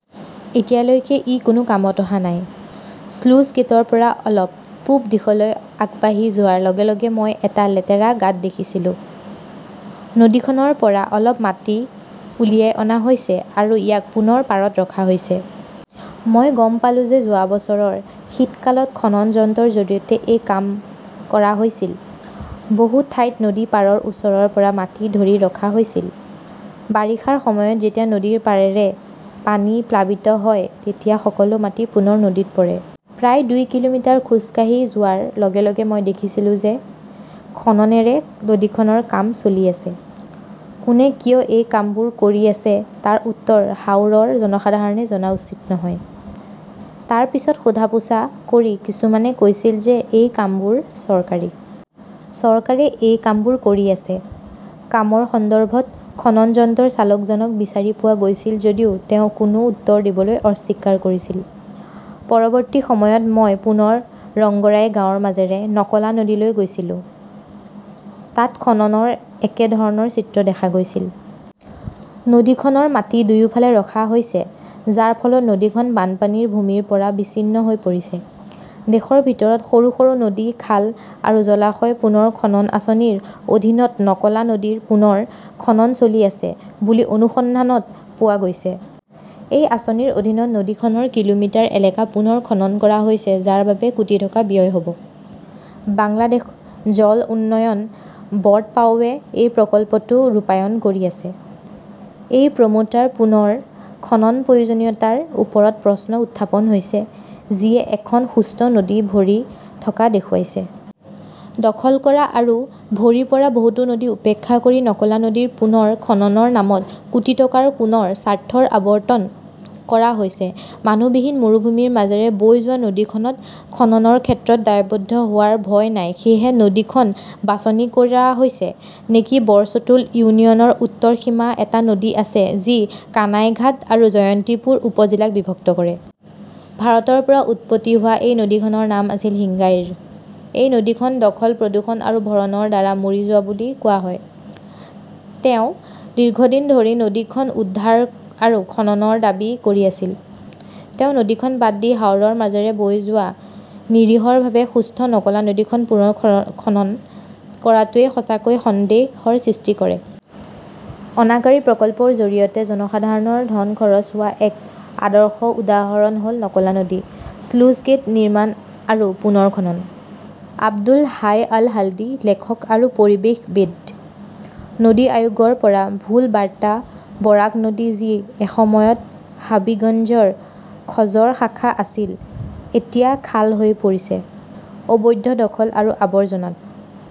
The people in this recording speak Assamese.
এতিয়ালৈকে ই কোনো কামত অহা নাই। স্লুইছগেটৰ পৰা অলপ পূব দিশলৈ আগবাঢ়ি যোৱাৰ লগে লগে মই এটা লেতেৰা গাঁত দেখিছিলোঁ। নদীখনৰ পৰা অলপ মাটি উলিয়াই অনা হৈছে আৰু ইয়াক পুনৰ পাৰত ৰখা হৈছে। মই গম পালোঁ যে যোৱা বছৰৰ শীতকালত খনন যন্ত্ৰৰ জৰিয়তে এই কাম কৰা হৈছিল। বহু ঠাইত নদীৰ পাৰৰ ওচৰৰ পৰা মাটি ধৰি ৰখা হৈছিল। বাৰিষাৰ সময়ত যেতিয়া নদীৰ পাৰেৰে পানী প্লাবিত হয়, তেতিয়া সকলো মাটি পুনৰ নদীত পৰে। প্ৰায় দুই কিলোমিটাৰ খোজ কাঢ়ি যোৱাৰ লগে লগে মই দেখিছিলোঁ যে খননেৰে নদীখনৰ কাম চলি আছে। কোনে কিয় এই কামবোৰ কৰি আছে তাৰ উত্তৰ হাওৰৰ জনসাধাৰণে জনা উচিত নহয়। তাৰ পিছত সোধা-পোছা কৰি কিছুমানে কৈছিল যে এই কামবোৰ চৰকাৰী। চৰকাৰে এই কামবোৰ কৰি আছে। কামৰ সন্দৰ্ভত খনন যন্ত্ৰৰ চালকজনক বিচাৰি পোৱা গৈছিল যদিও তেওঁ কোনো উত্তৰ দিবলৈ অস্বীকাৰ কৰিছিল। পৰৱৰ্তী সময়ত মই পুনৰ ৰংগৰাই গাঁৱৰ মাজেৰে নকলা নদীলৈ গৈছিলো। তাত খননৰ একে ধৰণৰ চিত্ৰ দেখা গৈছিল। নদীখনৰ মাটি দুয়োফালে ৰখা হৈছে, যাৰ ফলত নদীখন বানপানীৰ ভূমিৰ পৰা বিচ্ছিন্ন হৈ পৰিছে। দেশৰ ভিতৰত সৰু সৰু নদী-খাল আৰু জলাশয় পুনৰ খনন আঁচনিৰ অধীনত নকলা নদীৰ পুনৰ খনন চলি আছে বুলি অনুসন্ধানত পোৱা গৈছে। এই আঁচনিৰ অধীনত নদীখনৰ কিলোমিটাৰ এলেকা পুনৰ খনন কৰা হৈছে, যাৰ বাবে কোটি টকা ব্যয় হ 'ব। বাংলাদেশ জল উন্নয়ন বৰ্ড-পাউবোৱে এই প্ৰকল্পটো ৰূপায়ণ কৰি আছে। এটা প্ৰমট্টাৰ পুনৰ খননৰ প্ৰয়োজনীয়তাৰ ওপৰত প্ৰশ্ন উত্থাপন হৈছে, যিয়ে এখন সুস্থ নদী ভৰি থকা দেখুৱাইছে। দখল কৰা আৰু ভৰি পৰা বহুতো নদী উপেক্ষা কৰি নকলা নদী পুনৰ খননৰ নামত কোটি টকা কোনৰ স্বাৰ্থত আবণ্টন কৰা হৈছে মানুহবিহীন মৰুভূমিৰ মাজেৰে বৈ যোৱা নদীখনত খননৰ ক্ষেত্ৰত দায়বদ্ধ হোৱাৰ কোনো ভয় নাই-সেয়েহে নদীখন বাছনি কৰা হৈছে নেকি বৰচতুল ইউনিয়নৰ উত্তৰ সীমাত এটা নদী আছে যি কানাইঘাট আৰু জয়ন্তপুৰ উপ-জিলাক বিভক্ত কৰে। ভাৰতৰ পৰা উৎপত্তি হোৱা এই নদীখনৰ নাম আছিল হিঙ্গাইৰ । এই নদীখন দখল, প্ৰদূষণ আৰু ভৰণৰ দ্বাৰা মৰি যোৱা বুলি কোৱা হয়। তেওঁ দীৰ্ঘদিন ধৰি নদীখন উদ্ধাৰ আৰু খননৰ দাবী কৰি আহিছে। তেওঁ নদীখন বাদ দি হাওৰৰ মাজেৰে বৈ যোৱা নিৰীহভাৱে সুস্থ নকলা নদীখন পুনৰ খনন কৰাটোৱে সঁচাকৈয়ে সন্দেহৰ সৃষ্টি কৰে। অনাকাৰী প্ৰকল্পৰ জৰিয়তে জনসাধাৰণৰ ধন খৰচ হোৱাৰ এক আদৰ্শ উদাহৰণ হ’ল নকলা নদীৰ স্লুইছগেট নিৰ্মাণ আৰু পুনৰ খনন। আব্দুল হাই আল-হাদীঃ লেখক আৰু পৰিৱেশবিদ। নদী আয়োগৰ পৰা ভুল বাৰ্তা বৰাক নদী, যি এসময়ত হাবিগঞ্জৰ খৰ্জৰ শাখা আছিল, এতিয়া খাল হৈ পৰিছে। অবৈধ দখল আৰু আৱৰ্জনা